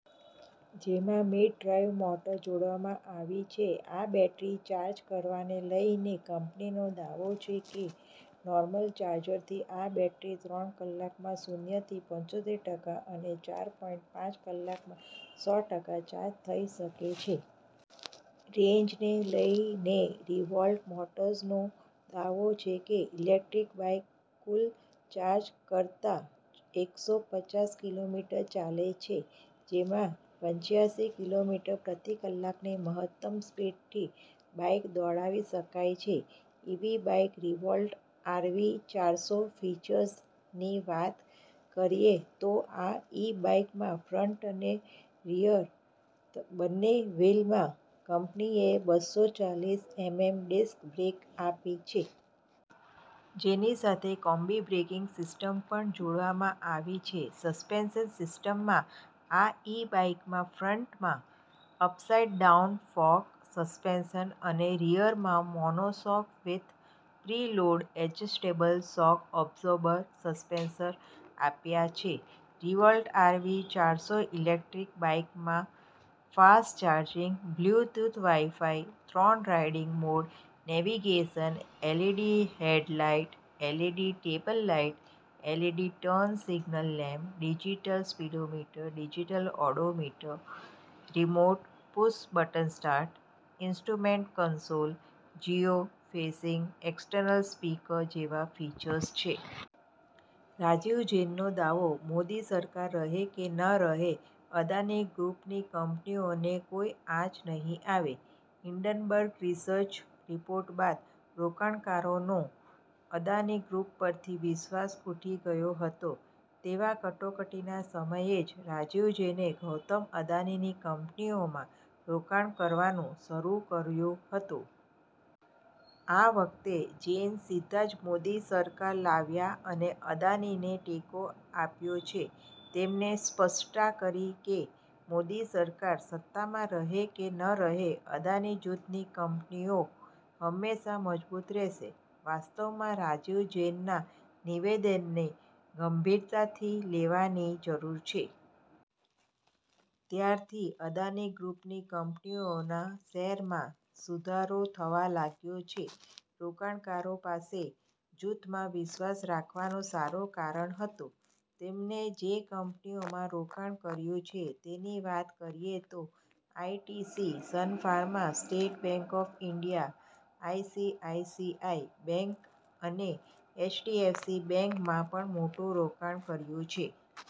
જેમાં mid drive motor જોડવામાં આવી છે. આ બેટરી ચાર્જ કરવાને લઇને કંપનીનો દાવો છે કે નોર્મલ ચાર્જરથી આ બેટરી ત્રણ કલાકમાં શૂન્ય થી પંચોતેર ટકા અને ચાર પોઈંટ પાંચ કલાકમાં સો ટકા ચાર્જ થઇ શકે છે. રેન્જને લઇને રિવોલ્ટ મોટર્સનો દાવો છે કે, ઇલેકટ્રિક બાઇક ફૂલ ચાર્જ કરતાં એકસો પચાસ કિલોમીટર ચાલે છે. જેમાં પંચાસી કિલોમીટર પ્રતિ કલાકની મહત્તમ સ્પીડથી બાઇક દોડાવી શકાય છે. ઇવી બાઇક રિવોલ્ટ આરવી ચારસો ફિચર્સની વાત કરીએ તો આ ઇ બાઇકમાં ફ્રંટ અને રિયર બંને વ્હિલમાં કંપનીએ બસો ચાલીસ એમએમ ડિસ્ક બ્રેક આપી છે. જેની સાથે કોમ્બી બ્રેકિંગ સિસ્ટમ પણ જોડવામાં આવી છે. સસ્પેન્શન સિસ્ટમમાં આ ઇ બાઇકમાં ફ્રંટમાં અપસાઇટ ડાઉન ફોર્ક સસ્પેન્શન અને રિયરમાં monoshock with preload adjustable shock absorber suspension આપ્યા છે. રિવોલ્ટ આરવી ચારસો ઇલેક્ટ્રિક બાઇકમાં ફાસ્ટ ચાર્જિંગ, બ્લૂટૂથ, વાઇફાઇ, ત્રણ riding mode, navigation, LED head light, LED tail light, LED turn signal lamp, digital speedometer, digital odometer, remote, push button start, instrument console, geo fencing, external speaker જેવા features છે. રાજીવ જૈનનો દાવો- 'મોદી સરકાર રહે કે ન રહે, અદાણી ગ્રૂપની કંપનીઓને કોઇ આંચ નહીં આવે'. હિંડનબર્ગ રિસર્ચ રિપોર્ટ બાદ રોકાણકારોનો અદાણી ગ્રૂપ પરથી વિશ્વાસ ઉઠી ગયો હતો તેવા કટોકટીના સમયે જ રાજીવ જૈને ગૌતમ અદાણીની કંપનીઓમાં રોકાણ કરવાનું શરૂ કર્યું હતું. આ વખતે જૈન સીધા જ મોદી સરકાર લાવ્યા અને અદાણીને ટેકો આપ્યો છે. તેમણે સ્પષ્ટતા કરી કે, મોદી સરકાર સત્તામાં રહે કે ન રહે, અદાણી જૂથની કંપનીઓ હંમેશા મજબૂત રહેશે. વાસ્તવમાં રાજીવ જૈનના નિવેદનને ગંભીરતાથી લેવાની જરૂર છે. ત્યારથી અદાણી ગ્રુપની કંપનીઓના શેરમાં સુધારો થવા લાગ્યો છે. રોકાણકારો પાસે જૂથમાં વિશ્વાસ રાખવાનું સારું કારણ હતું. તેમણે જે કંપનીઓમાં રોકાણ કર્યું છે તેની વાત કરીએ તો ITC, Sun Pharma, State Bank of India, ICICI Bank અને એચડીએફસી બેંકમાં પણ મોટું રોકાણ કર્યું છે.